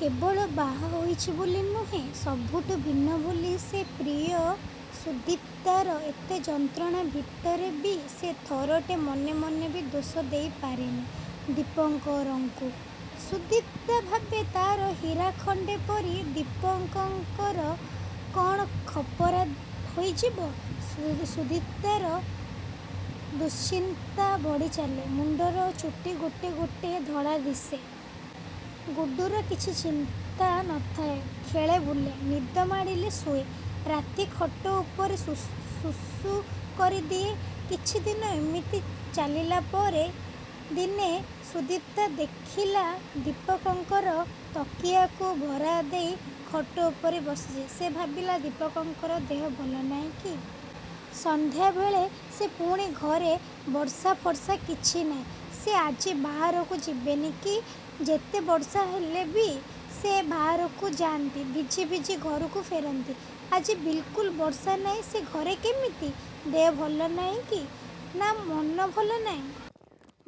କେବଳ ବାହା ହୋଇଛି ବୋଲି ନୁହେଁ। ସବୁଠୁ ଭିନ୍ନ ବୋଲି ସେ ପ୍ରିୟ ସୁଦିପ୍ତାର। ଏତେ ଯନ୍ତ୍ରଣା ଭିତରେ ବି ସେ ଥରଟେ ମନେ ମନେ ବି ଦୋଷ ଦେଇପାରେନି ଦୀପଙ୍କରଙ୍କୁ। ସୁଦିପ୍ତା ଭାବେ ତା'ର ହୀରାଖଣ୍ଡେ ପରି ଦିପଙ୍କର କ'ଣ ଖପରା ହୋଇଯିବ। ସୁଦିପ୍ତାର ଦୁଶ୍ଚିନ୍ତା ବଢ଼ିଚାଲେ, ମୁଣ୍ଡର ଚୁଟି ଗୋଟେ ଗୋଟେ ଧଳା ଦିଶେ। ଗୁଡୁର କିଛି ଚିନ୍ତା ନ ଥାଏ ଖେଳେ ବୁଲେ, ନିଦ ମାଡ଼ିଲେ ଶୁଏ। ରାତି ଖଟ ଉପରେ ସୁସୁ କରିଦିଏ। କିଛିଦିନ ଏମିତି ଚାଲିଲା ପରେ ଦିନେ ସୁଦିପ୍ତା ଦେଖିଲା ଦୀପଙ୍କର ତକିଆକୁ ଭରାଦେଇ ଖଟ ଉପରେ ବସିଛି। ସେ ଭାବିଲା ଦୀପଙ୍କର ଦେହ ଭଲ ନାହିଁକି? ସଂଧ୍ୟାବେଳେ ସେ ପୁଣି ଘରେ ବର୍ଷାଫର୍ସା କିଛି ନାହିଁ। ସେ ଆଜି ବାହାରକୁ ଯିବେନି କି? ଯେତେ ବର୍ଷାହେଲେ ବି ସେ ବାହରକୁ ଯା'ନ୍ତି। ଭିଜି ଭିଜି ଘରକୁ ଫେରନ୍ତି। ଆଜି ବିଲକୁଲ୍ ବର୍ଷା ନାହିଁ ସେ ଘରେ କେମିତି? ଦେହ ଭଲ ନାହିଁକି? ନା ମନ ଭଲ ନାହିଁ?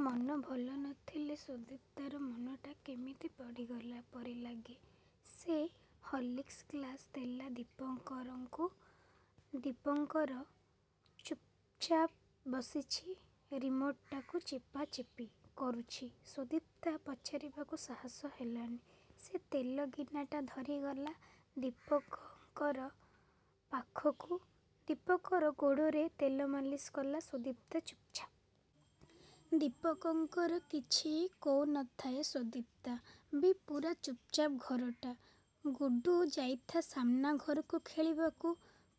ମନ ଭଲ ନଥିଲେ ସୁଦିପ୍ତାର ମନଟା କେମିତି ପୋଡ଼ିଗଲା ପରି ଲାଗେ। ସେ ହଲିକ୍ସ ଗ୍ଲାସ୍ ଦେଲା ଦୀପଙ୍କରଙ୍କୁ। ଦୀପଙ୍କର ଚୁପ୍ଚାପ୍ ବସିଛି ରିମୋଟ୍ଟାକୁ ଚିପାଚିପି କରୁଛି। ସୁଦିପ୍ତା ପଚାରିବାକୁ ସାହସ ହେଲାନି। ସେ ତେଲ ଗିନାଟା ଧରି ଗଲା ଦୀପଙ୍କର ପାଖକୁ। ଦୀପକର ଗୋଡ଼ରେ ତେଲମାଲିସ କଲା ସୁଦିପ୍ତା ଚୁପଚାପ୍। ଦୀପଙ୍କର କିଛି କହୁନଥାଏ ସୁଦିପ୍ତା ବି ପୁରା ଚୁପଚାପ୍ ଘରଟା । ଗୁଡୁ ଯାଇଥା ସାମ୍ନା ଘରକୁ ଖେଳିବାକୁ।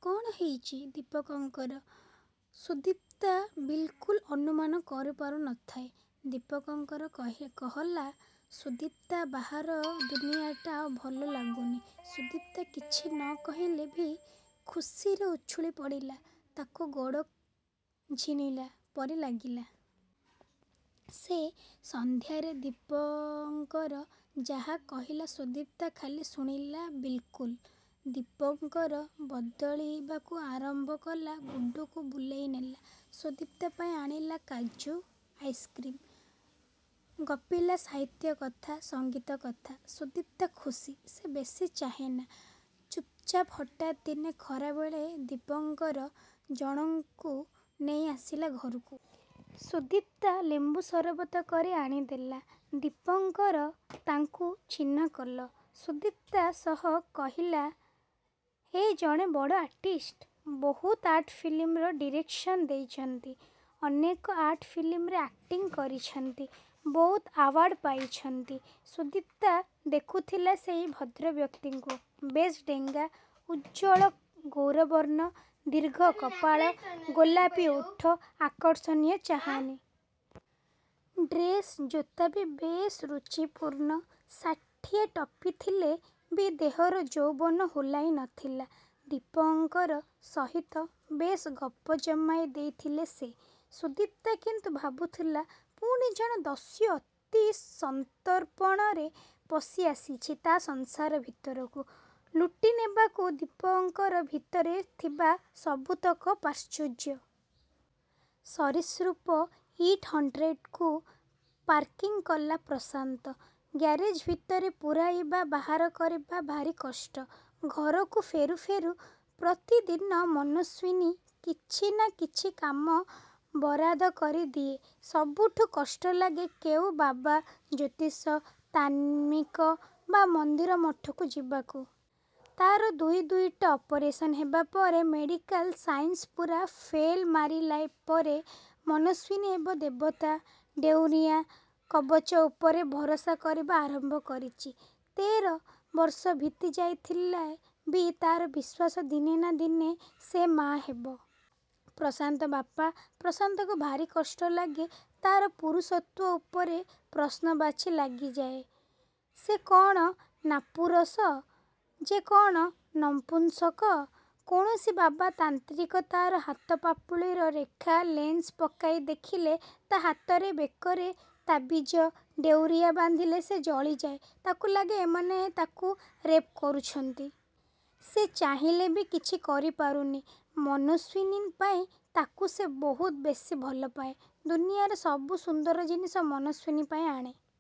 କ'ଣ ହୋଇଛି ଦୀପଙ୍କରର ସୁଦିପ୍ତା ବିଲକୁଲ୍ ଅନୁମାନ କରିପାରୁନଥାଏ। ଦୀପଙ୍କର କହଲା, ସୁଦିପ୍ତା ବାହାର ଦୁନିଆଟା ଆଉ ଭଲ ଲାଗୁନି। ସୁଦିପ୍ତା କିଛି ନ କହିଲେ ବି ଖୁସିରେ ଉଛୁଳି ପଡ଼ିଲା, ତାକୁ ଗଡ଼ ଜିଣିଲା ପରି ଲାଗିଲା। ସେ ସଂଧ୍ୟାରେ ଦୀପଙ୍କର ଯାହା କହିଲା ସୁଦିପ୍ତା ଖାଲି ଶୁଣିଲା ବିଲ୍କୁଲ୍ । ଦୀପଙ୍କର ବଦଳିବାକୁ ଆରମ୍ଭ କଲା ଗୁଡୁକୁ ବୁଲେଇ ନେଲା, ସୁଦିପ୍ତା ପାଇଁ ଆଣିଲା କାଜୁ ଆଇସ୍କ୍ରୀମ୍। ଗପିଲା ସାହିତ୍ୟ କଥା, ସଂଗୀତ କଥା। ସୁଦିପ୍ତା ଖୁସି। ସେ ବେଶୀ ଚାହେଁନା। ଚୁପଚାପ୍ ହଠାତ୍ ଦିନେ ଖରାବେଳେ ଦୀପଙ୍କର ଜଣକୁ ନେଇ ଆସିଲା ଘରକୁ। ସୁଦିପ୍ତା ଲେମ୍ବୁ ସରବତ କରି ଆଣିଦେଲା। ଦୀପଙ୍କର ତାଙ୍କୁ ଚିହ୍ନା କଲ। ସୁଦିପ୍ତା ସହ। କହିଲା, ଏ ଜଣେ ବଡ଼ ଆର୍ଟିଷ୍ଟ। ବହୁତ ଆର୍ଟ ଫିଲ୍ମର ଡିରେକ୍ସନ ଦେଇଛନ୍ତି। ଅନେକ ଆର୍ଟ ଫିଲ୍ମରେ ଆକ୍ଟିଂ କରିଛନ୍ତି। ବହୁତ ଆୱାଡ୍ ପାଇଛନ୍ତି। ସୁଦିପ୍ତା ଦେଖୁଥିଲା ସେହି ଭଦ୍ରବ୍ୟକ୍ତିଙ୍କୁ ବେଶ୍ ଡେଙ୍ଗା, ଉଜ୍ଜ୍ୱଳ ଗୌରବର୍ଣ୍ଣ ଦୀର୍ଘ କପାଳ, ଗୋଲାପି ଓଠ, ଆର୍ଷଣୀୟ ଚାହାଣୀ। ଡ୍ରେସ୍, ଜୋତା ବି ବେଶ ରୁଚିପୂର୍ଣ୍ଣ। ଷାଠିଏ ଟପିଥିଲେ ବି ଦେହର ଯୌବନ ଓହ୍ଲାଇନଥିଲା। ଦୀପଙ୍କର ସହିତ। ବେଶ୍ ଗପ ଜମାଇ ଦେଇଥିଲେ ସେ। ସୁଦିପ୍ତା କିନ୍ତୁ ଭାବୁଥିଲା ପୁଣି ଜଣେ ଦସ୍ୟୁ ଅତି ସନ୍ତର୍ପଣରେ ପଶି ଆସିଛି ତା' ସଂସାର ଭିତରକୁ। ଲୁଟି ନେବାକୁ ଦୀପଙ୍କର ଭିତରେ ଥିବା ସବୁତକ ପ୍ରାଚ୍ୟୁର୍ଯ୍ୟ। ସରୀସୃପ ଇଟ୍ ହଣ୍ଡ୍ରେଡ୍କୁ ପାର୍କିଂ କଲା ପ୍ରଶାନ୍ତ। ଗ୍ୟାରେଜ୍ ଭିତରେ ପୁରାଇବା ବାହାର କରିବା ଭାରି କଷ୍ଟ। ଘରକୁ ଫେରୁ ଫେରୁ ପ୍ରତିଦିନ ମନସ୍ୱିନୀ କିଛି ନା କିଛି କାମ ବରାଦ କରି ଦିଏ। ସବୁଠୁ କଷ୍ଟ ଲାଗେ କେଉଁ ବାବା, ଜ୍ୟୋତିଷ, ତାନ୍ତ୍ରିକ ବା ମନ୍ଦିର ମଠକୁ ଯିବାକୁ। ତା'ର ଦୁଇ ଦୁଇଟା ଅପରେସନ୍ ହେବା ପରେ, ମେଡ଼ିକାଲ ସାଇନ୍ସ ପୁରା ଫେଲ ମାରିଲାପରେ ମନସ୍ୱିନୀ ଏବେ ଦେବତା, ଡେଉଁରିଆ କବଚ ଉପରେ ଭରସା କରିବା ଆରମ୍ଭ କରିଚି। ତେର ବର୍ଷ ବିତି ଯାଇଥିଲେ ବି ତା'ର ବିଶ୍ୱାସ ଦିନେ ନା ଦିନେ ସେ ମା' ହେବ। ପ୍ରଶାନ୍ତ ବାପା। ପ୍ରଶାନ୍ତକୁ ଭାରି କଷ୍ଟ ଲାଗେ। ତା'ର ପୁରୁଷତ୍ୱ ଉପରେ ପ୍ରଶ୍ନବାଚୀ ଳାଗିଯାଏ। ସେ କ'ଣ ନାପୁରଷ, ସେ କ'ଣ ନଂପୁସକ। କୌଣସି ବାବା ତାନ୍ତ୍ରିକ ତା'ର ହାତ ପାପୁଲିର ରେଖା ଲେନ୍ସ ପକାଇ ଦେଖିଲେ, ତା' ହାତରେ, ବେକରେ ତାବିଜ, ଡେଉଁରିଆ ବାନ୍ଧିଲେ ସେ ଜଳିଯାଏ, ତାକୁ ଲାଗେ ଏମାନେ ତାକୁ ରେପ୍ କରୁଛନ୍ତି। ସେ ଚାହିଁଲେ ବି କିଛି କରିପାରୁନି ମନସ୍ୱିନୀ ପାଇଁ। ତାକୁ ସେ ବହୁତ ବେଶୀ ଭଲପାଏ। ଦୁନିଆର ସବୁ ସୁନ୍ଦର ଜିନିଷ ମନସ୍ୱିନୀ ପାଇଁ ଆଣେ।